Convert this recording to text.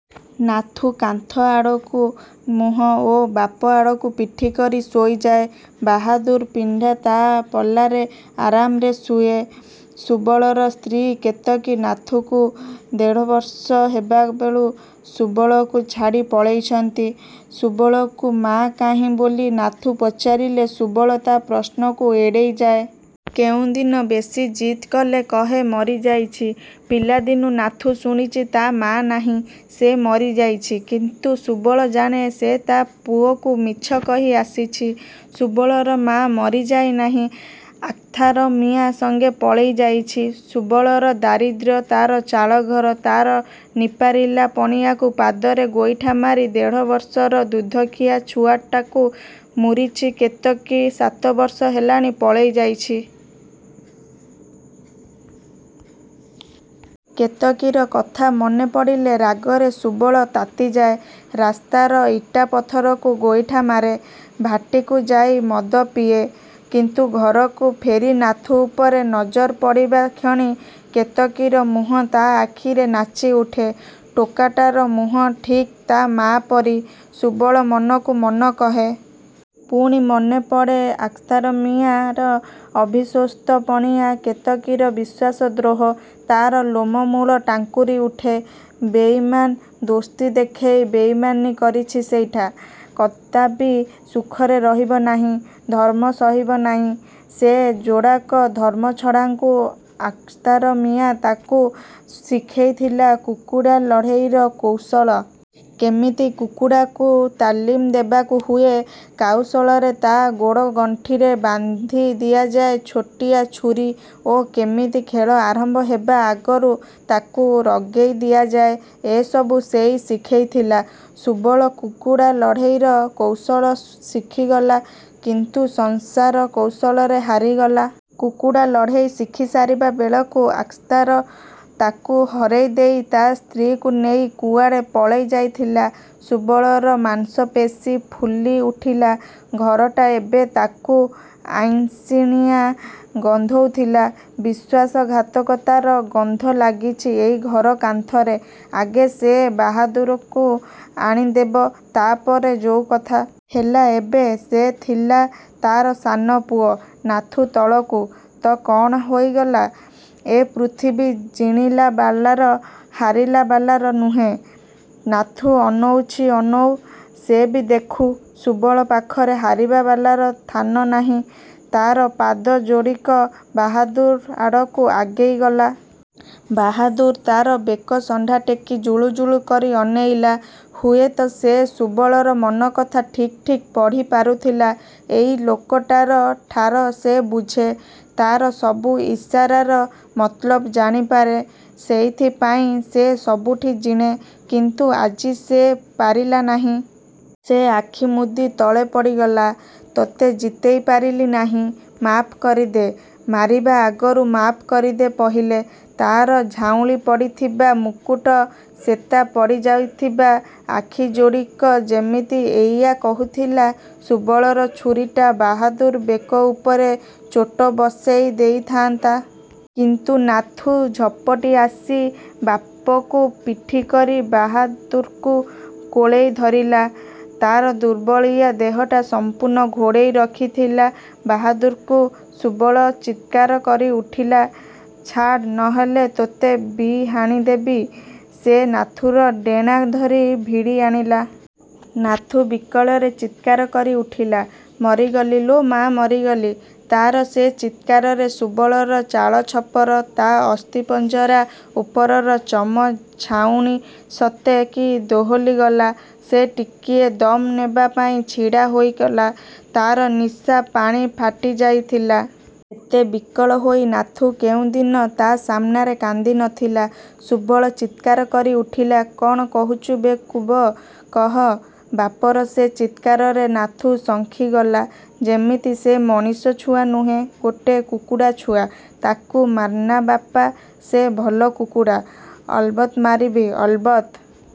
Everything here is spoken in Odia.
ନାଥୁ କାନ୍ଥ ଆଡ଼କୁ ମୁହଁ ଓ ବାପ ଆଡ଼କୁ ପିଠି କରି ଶୋଇଯାଏ। ବାହାଦୁର ପିଣ୍ଡା ତା ପଲାରେ ଆରାମରେ ଶୁଏ। ସୁବଳର ସ୍ତ୍ରୀ କେତକୀ ନାଥୁକୁ ଦେଢ଼ବର୍ଷ ହେବାବେଳୁ ସୁବଳକୁ ଛାଡ଼ି ପଳେଇଛି। ସୁବଳକୁ 'ମା କାହିଁ' ବୋଲି ନାଥୁ ପଚାରିଲେ ସୁବଳ ତା ପ୍ରଶ୍ନକୁ ଏଡ଼େଇଯାଏ। କେଉଁଦିନ ବେଶି ଜିଦ୍ କଲେ କହେ 'ମରିଯାଇଛି'। ପିଲାଦିନୁ ନାଥୁ ଶୁଣିଛି, ତା ମା ନାହିଁ। ସେ ମରିଯାଇଛି। କିନ୍ତୁ ସୁବଳ ଜାଣେ, ସେ ତା ପୁଅକୁ ମିଛ କହି ଆସିଛି। ସୁବଳର ମା ମରିଯାଇନାହିଁ, ଆଖ୍ତାର ମିଆଁ ସଙ୍ଗେ ପଳେଇଯାଇଛି। ସୁବଳର ଦାରିଦ୍ର୍ୟ, ତାର ଚାଳଘର, ତାର ନିପାରିଲା ପଣିଆକୁ ପାଦରେ ଗୋଇଠା ମାରି, ଦେଢ଼ବର୍ଷର ଦୁଧଖିଆ ଛୁଆଟାକୁ ମୂରୁଛି କେତକୀ ସାତବର୍ଷ ହେଲାଣି ପଳେଇଯାଇଛି। କେତକୀର କଥା ମନେପଡ଼ିଲେ ରାଗରେ ସୁବଳ ତାତିଯାଏ। ରାସ୍ତାର ଇଟାପଥରକୁ ଗୋଇଠା ମାରେ। ଭାଟିକୁ ଯାଇ ମଦ ପିଏ। କିନ୍ତୁ ଘରକୁ ଫେରି ନାଥୁ ଉପରେ ନଜର ପଡ଼ିବା କ୍ଷଣି କେତକୀର ମୁହଁ ତା ଆଖିରେ ନାଚି ଉଠେ। ଟୋକାଟାର ମୁହଁ ଠିକ୍ ତା ମା ପରି, ସୁବଳ ମନକୁ ମନ କହେ। ପୁଣି ମନେପଡ଼େ ଆଖ୍ତାର ମିଆଁର ଅବିଶ୍ୱସ୍ତ ପଣିଆ, କେତକୀର ବିଶ୍ୱାସଦ୍ରୋହ। ତାର ଲୋମମୂଳ ଟାଙ୍କୁରି ଉଠେ। ବେଇମାନ! ଦୋସ୍ତି ଦେଖେଇ ବେଇମାନି କରିଛି ସେଇଟା, କଦାପି ସୁଖରେ ରହିବ ନାହିଁ। ଧର୍ମ ସହିବ ନାହିଁ ସେ ଯୋଡ଼ାକ ଧର୍ମଛଡ଼ାଙ୍କୁ। ଆଖ୍ତାର ମିଆଁ ତାକୁ ଶିଖେଇଥିଲା କୁକୁଡ଼ା ଲଢ଼େଇର କୌଶଳ। କେମିତି କୁକୁଡ଼ାକୁ ତାଲିମ ଦେବାକୁ ହୁଏ, କଉଶଳରେ ତା ଗୋଡ଼ ଗଣ୍ଠିରେ ବାନ୍ଧି ଦିଆଯାଏ ଛୋଟିଆ ଛୁରୀ ଓ କେମିତି ଖେଳ ଆରମ୍ଭ ହେବା ଆଗରୁ ତାକୁ ରଗେଇ ଦିଆଯାଏ, ଏସବୁ ସେଇ ଶିଖେଇଥିଲା। ସୁବଳ କୁକୁଡ଼ା ଲଢ଼େଇର କୌଶଳ ଶିଖିଗଲା, କିନ୍ତୁ ସଂସାର କୌଶଳରେ ହାରିଗଲା। କୁକୁଡ଼ା ଲଢ଼େଇ ଶିଖିସାରିବା ବେଳକୁ ଆଖ୍ତାର୍ ତାକୁ ହରେଇ ଦେଇ ତା ସ୍ତ୍ରୀକୁ ନେଇ କୁଆଡ଼େ ପଳେଇ ଯାଇଥିଲା। ସୁବଳର ମାଂସପେଶୀ ଫୁଲି ଉଠିଲା। ଘରଟା ଏବେ ତାକୁ ଆଇଁଷିଣିଆ ଗନ୍ଧଉଥିଲା। ବିଶ୍ୱାସଘାତକତାର ଗନ୍ଧ ଲାଗିଛି ଏଇ ଘର କାନ୍ଥରେ। ଆଗେ ସେ ବାହାଦୁରକୁ ହାଣିଦେବ, ତାପରେ ଯୋଉ କଥା। ହେଲା ଏବେ, ସେ ଥିଲା ତାର ସାନପୁଅ, ନାଥୁ ତଳକୁ। ତ କଣ ହୋଇଗଲା? ଏ ପୃଥିବୀ ଜିଣିଲାବାଲାର। ହାରିଲାବାଲାର ନୁହେଁ। ନାଥୁ ଅନଉଛି, ଅନଉ। ସେ ବି ଦେଖୁ। ସୁବଳ ପାଖରେ ହାରିବାବାଲାର ଥାନ ନାହିଁ। ତାର ପାଦ ଯୋଡ଼ିକ ବାହାଦୁର୍ ଆଡ଼କୁ ଆଗେଇଗଲା। ବାହାଦୁର୍ ତାର ବେକ ଶଣ୍ଢା ଟେକି ଜୁଳୁଜୁଳୁ କରି ଅନେଇଲା। ହୁଏତ ସେ ସୁବଳର ମନକଥା ଠିକ୍ ଠିକ୍ ପଢ଼ି ପାରୁଥିଲା। ଏଇ ଲୋକଟାର ଠାର ସେ ବୁଝେ। ତାର ସବୁ ଇସାରାର ମତଲବ ଜାଣିପାରେ। ସେଇଥିପାଇଁ ସେ ସବୁଠି ଜିଣେ। କିନ୍ତୁ ଆଜି ସେ ପାରିଲା ନାହିଁ। ସେ ଆଖିମୁଦି ତଳେ ପଡ଼ିଗଲା, ତୋତେ ଜିତେଇ ପାରିଲି ନାହିଁ, ମାଫ୍ କରିଦେ। ମାରିବା ଆଗରୁ ମାଫ୍ କରିଦେ ପହିଲେ, ତାର ଝାଉଁଳି ପଡ଼ିଥିବା ମୁକୁଟ, ଶେତା ପଡ଼ିଯାଇଥିବା ଆଖିଯୋଡ଼ିକ ଯେମିତି ଏଇଆ କହୁଥିଲା। ସୁବଳର ଛୁରୀଟା ବାହାଦୁର୍ ବେକ ଉପରେ ଚୋଟ ବସେଇ ଦେଇଥାଆନ୍ତା। କିନ୍ତୁ ନାଥୁ ଝପଟି ଆସି ବାପକୁ ପିଠି କରି ବାହାଦୁର୍କୁ କୋଳେଇ ଧରିଲା। ତାର ଦୁର୍ବଳିଆ ଦେହଟା ସଂପୂର୍ଣ୍ଣ ଘୋଡ଼େଇ ରଖିଥିଲା ବାହାଦୁର୍କୁ। ସୁବଳ ଚିତ୍କାର କରି ଉଠିଲା, "ଛାଡ୍, ନ ହେଲେ ତୋତେ ବି ହାଣିଦେବି।" ସେ ନାଥୁର ଡେଣା ଧରି ଭିଡ଼ି ଆଣିଲା। ନାଥୁ ବିକଳରେ ଚିତ୍କାର କରି ଉଠିଲା, "ମରିଗଲି ଲୋ ମା, ମରିଗଲି " ତାର ସେ ଚିତ୍କାରରେ ସୁବଳର ଚାଳଛପର, ତା ଅସ୍ଥିପଞ୍ଜରା ଉପରର ଚମ ଛାଉଣି ସତେ କି ଦୋହଲିଗଲା। ସେ ଟିକିଏ ଦମ୍ ନେବା ପାଇଁ ଛିଡ଼ା ହୋଇଗଲା। ତାର ନିଶା ପାଣି ଫାଟିଯାଇଥିଲା। ଏତେ ବିକଳ ହୋଇ ନାଥୁ କେଉଁଦିନ ତା ସାମ୍ନାରେ କାନ୍ଦି ନଥିଲା। ସୁବଳ ଚିତ୍କାର କରି ଉଠିଲା, "କଣ କହୁଛୁ ବେକୁବ? କହ!" ବାପର ସେ ଚିତ୍କାରରେ ନାଥୁ ଶଙ୍କିଗଲା। ଯେମିତି ସେ ମଣିଷଛୁଆ ନୁହେଁ, ଗୋଟେ କୁକୁଡ଼ାଛୁଆ। "ତାକୁ ମାର୍ନା ବାପା। ସେ ଭଲ କୁକୁଡ଼ା।" "ଅଲ୍ବତ୍ ମାରିବି। ଅଲବତ୍।"